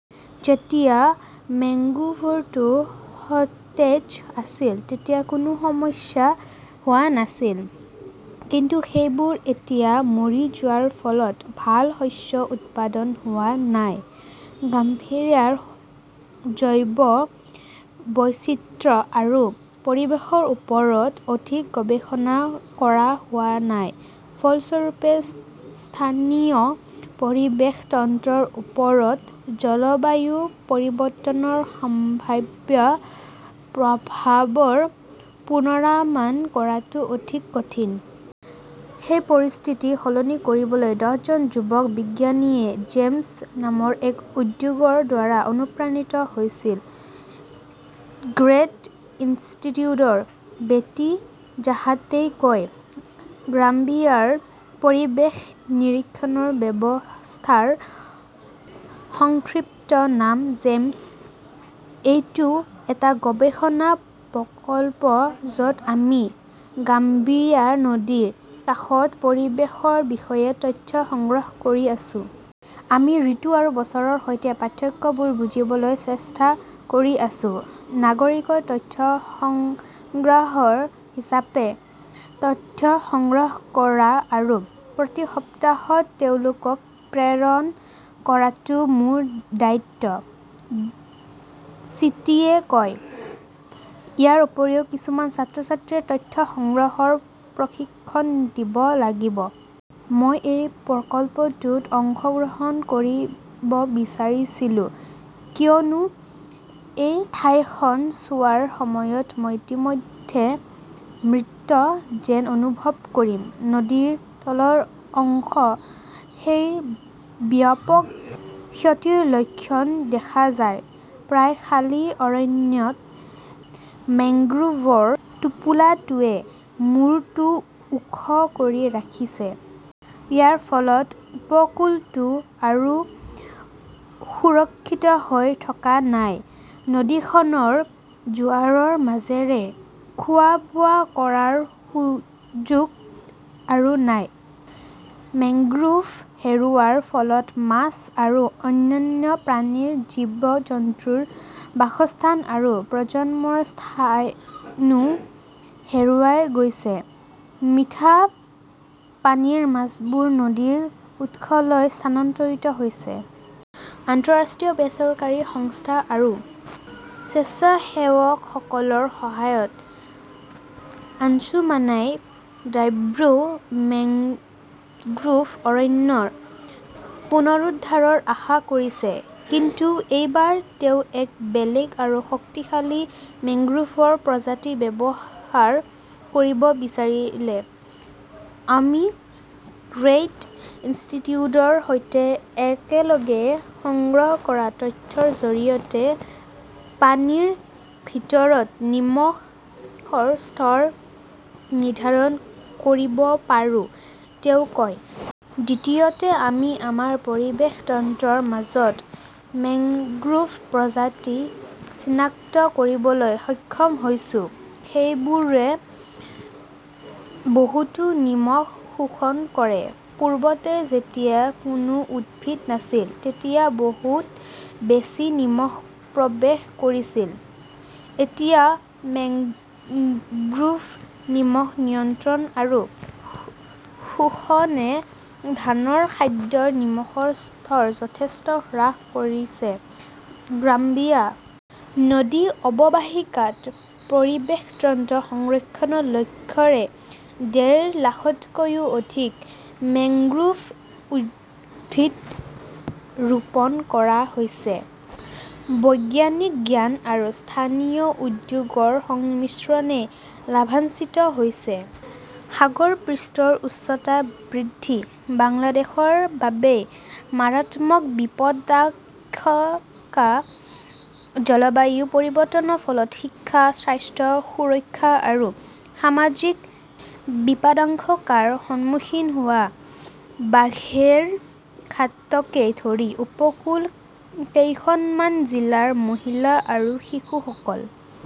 যেতিয়া মেংগ্ৰোভটো সতেজ আছিল, তেতিয়া কোনো সমস্যা হোৱা নাছিল। কিন্তু সেইবোৰ এতিয়া মৰি যোৱাৰ ফলত ভাল শস্য উৎপাদন হোৱা নাই। গাম্বিয়াৰ জৈৱ বৈচিত্ৰ্য আৰু পৰিৱেশৰ ওপৰত অধিক গৱেষণা কৰা হোৱা নাই। ফলস্বৰূপে স্থানীয় পৰিৱেশ তন্ত্ৰৰ ওপৰত জলবায়ু পৰিৱৰ্তনৰ সম্ভাৱ্য প্ৰভাৱৰ পূনৰামান কৰাটো অধিক কঠিন। সেই পৰিস্থিতি সলনি কৰিবলৈ দহজন যুৱ বিজ্ঞানীয়ে "জেমছ" নামৰ এক উদ্যোগৰ দ্বাৰা অনুপ্ৰাণিত হৈছিল। গ্ৰেট ইনষ্টিটিউটৰ বেটি জাহাতে কয়, গাম্বিয়াৰ পৰিৱেশ নিৰীক্ষণ ব্যৱস্থাৰ সংক্ষিপ্ত নাম 'জেমছ'। এইটো এটা গৱেষণা প্ৰকল্প য 'ত আমি গাম্বিয়া নদীৰ কাষত পৰিৱেশৰ বিষয়ে তথ্য সংগ্ৰহ কৰি আছো। আমি ঋতু আৰু বছৰৰ সৈতে পাৰ্থক্যবোৰ বুজিবলৈ চেষ্টা কৰি আছো। "নাগৰিক তথ্য সংগ্ৰাহক হিচাপে তথ্য সংগ্ৰহ কৰা আৰু প্ৰতি সপ্তাহত তেওঁলোকক প্ৰেৰণ কৰাটো মোৰ দায়িত্ব", চিডিয়ে কয়। ইয়াৰ উপৰিও কিছুমান ছাত্ৰ-ছাত্ৰীয়ে তথ্য সংগ্ৰহৰ প্ৰশিক্ষণ দিব লাগিব। মই এই প্ৰকল্পটোত অংশগ্ৰহণ কৰিব বিচাৰিছিলো, কিয়নো, এই ঠাইখন চোৱাৰ সময়ত মই ইতিমধ্যে মৃত যেন অনুভৱ কৰিম। "নদীৰ তলৰ অংশত সেই ব্যাপক ক্ষতিৰ লক্ষণ দেখা যায়। প্ৰায় খালী অৰণ্যত, মেংগ্ৰোভৰ টোপোলাটোৱে মূৰটো ওখ কৰি ৰাখিছে। ইয়াৰ ফলত উপকূলটো আৰু সুৰক্ষিত হৈ থকা নাই। নদীখনৰ জোৱাৰৰ মাজেৰে খোৱা-বোৱা কৰাৰ সুযোগ আৰু নাই। মেংগ্ৰোভ হেৰুওৱাৰ ফলত মাছ আৰু অন্যান্য পানীৰ জীৱ-জন্তুৰ বাসস্থান আৰু প্ৰজন্মৰ স্থানো হেৰাই গৈছে। মিঠা পানীৰ মাছবোৰ নদীৰ উৎসলৈ স্থানান্তৰিত হৈছে। আন্তঃৰাষ্ট্ৰীয় বেচৰকাৰী সংস্থা আৰু স্বেচ্ছাসেৱকসকলৰ সহায়ত আনছুমানাই ডাৰ্বো মেংগ্ৰোভ অৰণ্য পুনৰুদ্ধাৰৰ আশা কৰিছে। কিন্তু এইবাৰ তেওঁ এক বেলেগ আৰু শক্তিশালী মেংগ্ৰোভ প্ৰজাতি ব্যৱহাৰ কৰিব বিচাৰে। "আমি গ্ৰেট ইনষ্টিটিউটৰ সৈতে একেলগে সংগ্ৰহ কৰা তথ্যৰ জৰিয়তে পানীৰ ভিতৰত নিমখৰ স্তৰ নিৰ্ধাৰণ কৰিব পাৰোঁ", তেওঁ কয়। দ্বিতীয়তে, আমি আমাৰ পৰিৱেশ তন্ত্ৰৰ মাজৰ মেংগ্ৰোভ প্ৰজাতি চিনাক্ত কৰিবলৈ সক্ষম হৈছো। সেইবোৰে বহুতো নিমখ শোষণ কৰে। পূৰ্বতে যেতিয়া কোনো উদ্ভিদ নাছিল, তেতিয়া বহুত বেছি নিমখ প্ৰৱেশ কৰিছিল। এতিয়া, মেংগ্ৰোভ নিমখ নিয়ন্ত্ৰণ আৰু শোষণে ধানৰ খাদ্যত নিমখৰ স্তৰ যথেষ্ট হ্ৰাস কৰিছে। গাম্বিয়া নদী অৱবাহিকাত পৰিৱেশ তন্ত্ৰ সংৰক্ষণৰ লক্ষ্যৰে ডেৰ লাখতকৈও অধিক মেংগ্ৰোভ উদ্ভিদ ৰোপণ কৰা হৈছে। বৈজ্ঞানিক জ্ঞান আৰু স্থানীয় উদ্যোগৰ সংমিশ্ৰণে লাভান্বচিত হৈছে। সাগৰ পৃষ্ঠৰ উচ্চতা বৃদ্ধি, বাংলাদেশৰ বাবে মাৰাত্মক বিপদাশংকা জলবায়ু পৰিৱৰ্তনৰ ফলত শিক্ষা, স্বাস্থ্য সুৰক্ষা আৰু সামাজিক বিপদাশংকাৰ সন্মুখীন হোৱা বাঘেৰখাটকে ধৰি উপকূল কেইখনমান জিলাৰ মহিলা আৰু শিশুসকল।